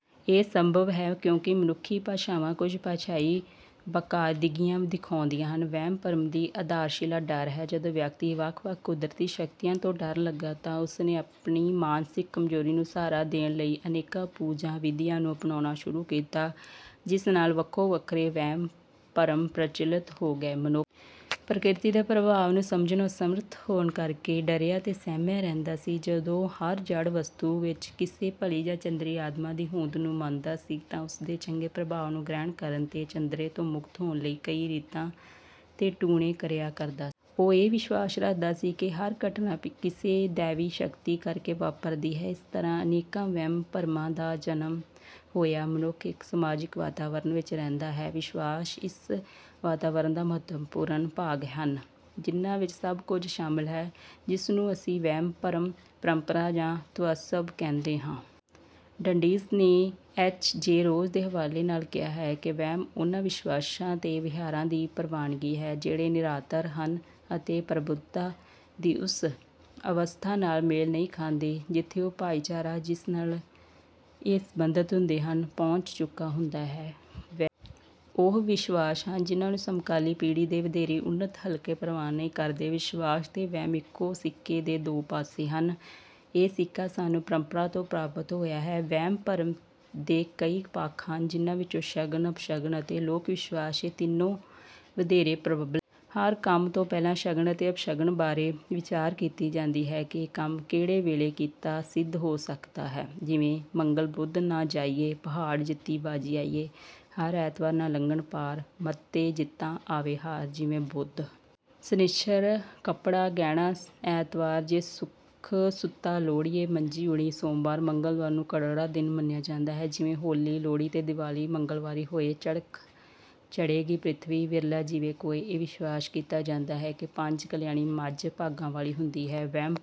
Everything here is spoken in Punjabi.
ਇਹ ਸੰਭਵ ਹੈ ਕਿਉਂਕਿ ਮਨੁੱਖੀ ਭਾਸ਼ਾਵਾਂ ਕੁਝ ਭਾਸ਼ਾਈ ਬਾਕਾਇਦਗੀਆਂ ਦਿਖਾਉਂਦੀਆਂ ਹਨ। ਵਹਿਮ-ਭਰਮ ਦੀ ਆਧਾਰਸ਼ਿਲਾ ਡਰ ਹੈ। ਜਦੋਂ ਵਿਅਕਤੀ ਵੱਖ-ਵੱਖ ਕੁਦਰਤੀ ਸ਼ਕਤੀਆਂ ਤੋਂ ਡਰਨ ਲੱਗਾ ਤਾਂ ਉਸਨੇ ਆਪਣੀ ਮਾਨਸਿਕ ਕਮਜ਼ੋਰੀ ਨੂੰ ਸਹਾਰਾ ਦੇਣ ਲਈ ਅਨੇਕਾਂ ਪੂਜਾ-ਵਿਧੀਆਂ ਨੂੰ ਅਪਣਾਉਣਾ ਸ਼ੁਰੂ ਕੀਤਾ, ਜਿਸ ਨਾਲ ਵੱਖੋ-ਵੱਖਰੇ ਵਹਿਮ-ਭਰਮ ਪ੍ਰਚਲਿਤ ਹੋ ਗਏ। ਮਨੁੱਖ ਪ੍ਰਕਿਰਤੀ ਦੇ ਪ੍ਰਭਾਵ ਨੂੰ ਸਮਝਣੋਂ ਅਸਮਰੱਥ ਹੋਣ ਕਰਕੇ ਡਰਿਆ ਤੇ ਸਹਿਮਿਆ ਰਹਿੰਦਾ ਸੀ। ਜਦੋਂ ਉਹ ਹਰ ਜੜ੍ਹ ਵਸਤੂ ਵਿੱਚ ਕਿਸੇ ਭਲੀ ਜਾਂ ਚੰਦਰੀ ਆਤਮਾ ਦੀ ਹੋਂਦ ਨੂੰ ਮੰਨਦਾ ਸੀ, ਤਾਂ ਉਸ ਦੇ ਚੰਗੇ ਪ੍ਰਭਾਵ ਨੂੰ ਗ੍ਰਹਿਣ ਕਰਨ ਤੇ ਚੰਦਰੇ ਤੋਂ ਮੁਕਤ ਹੋਣ ਲਈ ਕਈ ਰੀਤਾਂ ਤੇ ਟੂਣੇ ਕਰਿਆ ਕਰਦਾ ਸੀ। ਉਹ ਇਹ ਵਿਸ਼ਵਾਸ ਰੱਖਦਾ ਸੀ ਕਿ ਹਰ ਘਟਨਾ ਕਿਸੇ ਦੈਵੀ ਸ਼ਕਤੀ ਕਰਕੇ ਵਾਪਰਦੀ ਹੈ। ਇਸ ਤਰ੍ਹਾਂ ਅਨੇਕਾਂ ਵਹਿਮ-ਭਰਮਾਂ ਦਾ ਜਨਮ ਹੋਇਆ। ਮਨੁੱਖ ਇੱਕ ਸਮਾਜਿਕ ਵਾਤਾਵਰਣ ਵਿੱਚ ਰਹਿੰਦਾ ਹੈ। ਵਿਸ਼ਵਾਸ ਇਸ ਵਾਤਾਵਰਣ ਦਾ ਮਹੱਤਵਪੂਰਨ ਭਾਗ ਹਨ, ਜਿਨ੍ਹਾਂ ਵਿੱਚ ਸਭ ਕੁਝ ਸ਼ਾਮਿਲ ਹੈ, ਜਿਸ ਨੂੰ ਅਸੀਂ ਵਹਿਮ, ਪਰੰਪਰਾ ਜਾਂ ਤੁਅੱਸਬ ਕਹਿੰਦੇ ਹਾਂ। ਡੰਡੀਜ਼ ਨੇ ਐਚ. ਜੇ. ਰੋਜ਼ ਦੇ ਹਵਾਲੇ ਨਾਲ ਕਿਹਾ ਹੈ ਕਿ ਵਹਿਮ ਉਨ੍ਹਾਂ ਵਿਸ਼ਵਾਸਾਂ ਤੇ ਵਿਹਾਰਾਂ ਦੀ ਪ੍ਰਵਾਨਗੀ ਹੈ, ਜਿਹੜੇ ਨਿਰਾਧਾਰ ਹਨ ਅਤੇ ਪ੍ਰਬੁੱਧਤਾ ਦੀ ਉਸ ਅਵਸਥਾ ਨਾਲ ਮੇਲ ਨਹੀਂ ਖਾਂਦੇ, ਜਿੱਥੇ ਉਹ ਭਾਈਚਾਰਾ, ਜਿਸ ਨਾਲ ਇਹ ਸੰਬੰਧਿਤ ਹੁੰਦੇ ਹਨ, ਪਹੁੰਚ ਚੁੱਕਾ ਹੁੰਦਾ ਹੈ। ਵਹਿਮ ਉਹ ਵਿਸ਼ਵਾਸ ਹਨ, ਜਿਨ੍ਹਾਂ ਨੂੰ ਸਮਕਾਲੀ ਪੀੜ੍ਹੀ ਦੇ ਵਧੇਰੇ ਉੱਨਤ ਹਲਕੇ ਪ੍ਰਵਾਨ ਨਹੀਂ ਕਰਦੇ। ਵਿਸ਼ਵਾਸ ਤੇ ਵਹਿਮ ਇਕੋ ਸਿੱਕੇ ਦੇ ਦੋ ਪਾਸੇ ਹਨ। ਇਹ ਸਿੱਕਾ ਸਾਨੂੰ ਪਰੰਪਰਾ ਤੋਂ ਪ੍ਰਾਪਤ ਹੋਇਆ ਹੈ। ਵਹਿਮ-ਭਰਮ ਦੇ ਕਈ ਪੱਖ ਹਨ, ਜਿਨ੍ਹਾਂ ਵਿੱਚੋਂ ਸ਼ਗਨ, ਅਪਸ਼ਗਨ ਅਤੇ ਲੋਕ-ਵਿਸ਼ਵਾਸ—ਇਹ ਤਿੰਨੋ ਵਧੇਰੇ ਪ੍ਰਬਲ ਹਨ। ਹਰ ਕੰਮ ਤੋਂ ਪਹਿਲਾਂ ਸ਼ਗਨ ਅਤੇ ਅਪਸ਼ਗਨ ਬਾਰੇ ਵਿਚਾਰ ਕੀਤੀ ਜਾਂਦੀ ਹੈ ਕਿ ਇਹ ਕੰਮ ਕਿਹੜੇ ਵੇਲੇ ਕੀਤਾ ਸਿੱਧ ਹੋ ਸਕਦਾ ਹੈ। ਜਿਵੇਂ:“ਮੰਗਲ ਬੁੱਧ ਨਾ ਜਾਈਏ, ਪਹਾੜ ਜਿੱਤੀ ਬਾਜ਼ੀ ਆਈਏ। ਹਰ ਐਤਵਾਰ ਨਾ ਲੰਘਣ ਪਾਰ, ਮੱਤੇ ਜਿੱਤਾਂ ਆਵੇ ਹਾਰ।”ਜਿਵੇਂ:“ਬੁੱਧ ਸ਼ਨਿੱਚਰ ਕੱਪੜਾ, ਗਹਿਣਾ, ਐਤਵਾਰ ਜੇ ਸੁੱਖ ਸੁੱਤਾ ਲੋੜੀਏ, ਮੰਜੀ ਉਣੀ ਸੋਮਵਾਰ।”ਮੰਗਲਵਾਰ ਨੂੰ ਕਰੜਾ ਦਿਨ ਮੰਨਿਆ ਜਾਂਦਾ ਹੈ। ਜਿਵੇਂ:“ਹੋਲੀ, ਲੋਹੜੀ ਤੇ ਦੀਵਾਲੀ ਮੰਗਲਵਾਰੀ ਹੋਇ, ਚਰਖ ਚੜ੍ਹੇਗੀ ਪ੍ਰਿਥਵੀ, ਵਿਰਲਾ ਜੀਵੇ ਕੋਇ।”ਇਹ ਵਿਸ਼ਵਾਸ ਕੀਤਾ ਜਾਂਦਾ ਹੈ ਕਿ ਪੰਜ ਕਲਿਆਣੀ ਮੱਝ ਭਾਗਾਂ ਵਾਲੀ ਹੁੰਦੀ ਹੈ। ਵਹਿਮ-ਭਰਮ